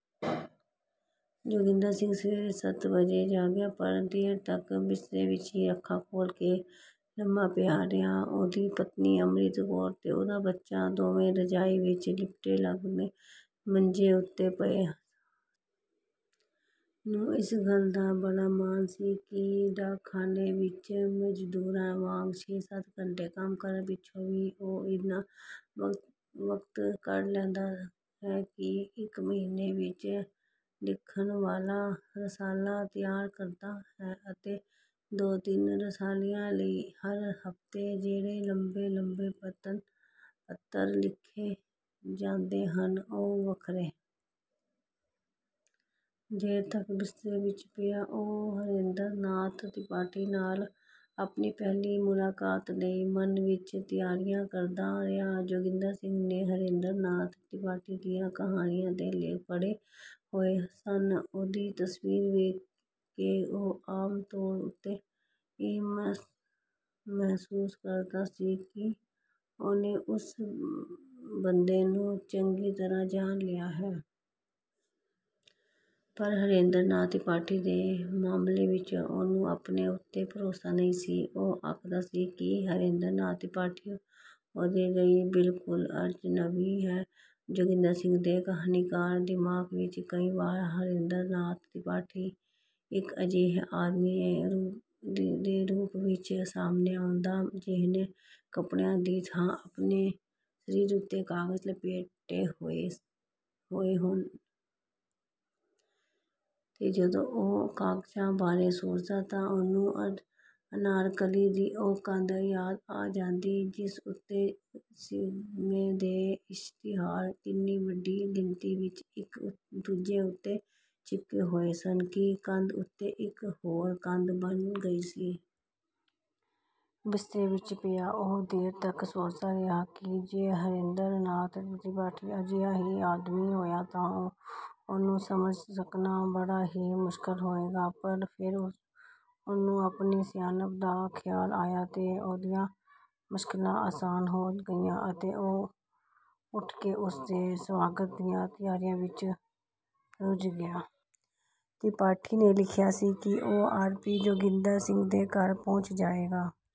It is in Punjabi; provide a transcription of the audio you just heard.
ਜੋਗਿੰਦਰ ਸਿੰਘ ਸਵੇਰੇ ਸੱਤ ਵਜੇ ਜਾਗਿਆ ਪਰ ਦੇਰ ਤਕ ਬਿਸਤਰੇ ਵਿੱਚ ਹੀ ਅੱਖਾਂ ਖੋਲ੍ਹ ਕੇ ਲੰਮਾ ਪਿਆ ਰਿਹਾ। ਉਹਦੀ ਪਤਨੀ ਅੰਮ੍ਰਿਤ ਕੌਰ ਤੇ ਉਹਦਾ ਬੱਚਾ ਦੋਵੇਂ ਰਜਾਈ ਵਿੱਚ ਲਿਪਟੇ ਲਾਗਲੇ ਮੰਜੇ ਉੱਤੇ ਪਏ ਨੂੰ ਇਸ ਗੱਲ ਦਾ ਬੜਾ ਮਾਣ ਸੀ ਕਿ ਡਾਕਖਾਨੇ ਵਿੱਚ ਮਜ਼ਦੂਰਾਂ ਵਾਂਗ ਛੇ-ਸੱਤ ਘੰਟੇ ਕੰਮ ਕਰਨ ਪਿੱਛੋਂ ਵੀ ਉਹ ਇੰਨਾ ਵਕਤ ਕੱਢ ਲੈਂਦਾ ਹੈ ਕਿ ਇੱਕ ਮਹੀਨੇ ਵਿੱਚ ਲਿਖਣ ਵਾਲਾ ਰਸਾਲਾ ਤਿਆਰ ਕਰਦਾ ਹੈ ਅਤੇ ਦੋ-ਤਿੰਨ ਰਸਾਲਿਆਂ ਲਈ ਹਰ ਹਫ਼ਤੇ ਜਿਹੜੇ ਲੰਬੇ-ਲੰਬੇ ਪੱਤਰ ਲਿਖੇ ਜਾਂਦੇ ਹਨ, ਉਹ ਵੱਖਰੇ। ਦੇਰ ਤਕ ਬਿਸਤਰੇ ਵਿੱਚ ਪਿਆ ਉਹ ਹਰੇਂਦਰ ਨਾਥ ਤ੍ਰਿਪਾਠੀ ਨਾਲ ਆਪਣੀ ਪਹਿਲੀ ਮੁਲਾਕਾਤ ਲਈ ਮਨ ਵਿੱਚ ਤਿਆਰੀਆਂ ਕਰਦਾ ਰਿਹਾ। ਜੋਗਿੰਦਰ ਸਿੰਘ ਨੇ ਹਰੇਂਦਰ ਨਾਥ ਤ੍ਰਿਪਾਠੀ ਦੀਆਂ ਕਹਾਣੀਆਂ ਤੇ ਲੇਖ ਪੜ੍ਹੇ ਹੋਏ ਸਨ। ਉਹਦੀ ਤਸਵੀਰ ਵੇਖ ਕੇ ਉਹ ਆਮ ਤੌਰ ਉੱਤੇ ਇਹ ਮਹਿਸੂਸ ਕਰਦਾ ਸੀ ਕਿ ਉਹਨੇ ਉਸ ਬੰਦੇ ਨੂੰ ਚੰਗੀ ਤਰ੍ਹਾਂ ਜਾਣ ਲਿਆ ਹੈ। ਪਰ ਹਰੇਂਦਰ ਨਾਥ ਤ੍ਰਿਪਾਠੀ ਦੇ ਮਾਮਲੇ ਵਿੱਚ ਉਹਨੂੰ ਆਪਣੇ ਉੱਤੇ ਭਰੋਸਾ ਨਹੀਂ ਸੀ। ਉਹ ਆਖਦਾ ਸੀ ਕਿ ਹਰੇਂਦਰ ਨਾਥ ਤ੍ਰਿਪਾਠੀ ਉਹਦੇ ਲਈ ਬਿਲਕੁਲ ਅਜਨਬੀ ਹੈ। ਜੋਗਿੰਦਰ ਸਿੰਘ ਦੇ ਕਹਾਣੀਕਾਰ ਦਿਮਾਗ ਵਿੱਚ ਕਈ ਵਾਰ ਹਰੇਂਦਰ ਨਾਥ ਤ੍ਰਿਪਾਠੀ ਇੱਕ ਅਜਿਹੇ ਆਦਮੀ ਦੇ ਰੂਪ ਵਿੱਚ ਸਾਹਮਣੇ ਆਉਂਦਾ ਜੀਹਨੇ ਕੱਪੜਿਆਂ ਦੀ ਥਾਂ ਆਪਣੇ ਸਰੀਰ ਉੱਤੇ ਕਾਗਜ਼ ਲਪੇਟੇ ਹੋਏ ਹੋਣ। ਤੇ ਜਦੋਂ ਉਹ ਕਾਗਜ਼ਾਂ ਬਾਰੇ ਸੋਚਦਾ ਤਾਂ ਉਹਨੂੰ ਅਨਾਰਕਲੀ ਦੀ ਉਹ ਕੰਧ ਯਾਦ ਆ ਜਾਂਦੀ ਜਿਸ ਉੱਤੇ ਸਿਨਮੇ ਦੇ ਇਸ਼ਤਿਹਾਰ ਇੰਨੀ ਵੱਡੀ ਗਿਣਤੀ ਵਿੱਚ ਇੱਕ ਦੂਜੇ ਉੱਤੇ ਚਿਪਕੇ ਹੋਏ ਸਨ ਕਿ ਕੰਧ ਉੱਤੇ ਇੱਕ ਹੋਰ ਕੰਧ ਬਣ ਗਈ ਸੀ। ਬਿਸਤਰੇ ਵਿੱਚ ਪਿਆ ਉਹ ਦੇਰ ਤਕ ਸੋਚਦਾ ਰਿਹਾ ਕਿ ਜੇ ਹਰੇਂਦਰ ਨਾਥ ਤ੍ਰਿਪਾਠੀ ਅਜਿਹਾ ਹੀ ਆਦਮੀ ਹੋਇਆ ਤਾਂ ਉਹਨੂੰ ਸਮਝ ਸਕਣਾ ਬੜਾ ਹੀ ਮੁਸ਼ਕਲ ਹੋਵੇਗਾ। ਪਰ ਫੇਰ ਉਹਨੂੰ ਆਪਣੀ ਸਿਆਣਪ ਦਾ ਖਿਆਲ ਆਇਆ ਤੇ ਉਹਦੀਆਂ ਮੁਸ਼ਕਲਾਂ ਆਸਾਨ ਹੋ ਗਈਆਂ ਅਤੇ ਉਹ ਉੱਠ ਕੇ ਉਸ ਦੇ ਸਵਾਗਤ ਦੀਆਂ ਤਿਆਰੀਆਂ ਵਿੱਚ ਰੁੱਝ ਗਿਆ। ਤ੍ਰਿਪਾਠੀ ਨੇ ਲਿਖਿਆ ਸੀ ਕਿ ਉਹ ਆਪੀਂ ਜੋਗਿੰਦਰ ਸਿੰਘ ਦੇ ਘਰ ਪਹੁੰਚ ਜਾਏਗਾ।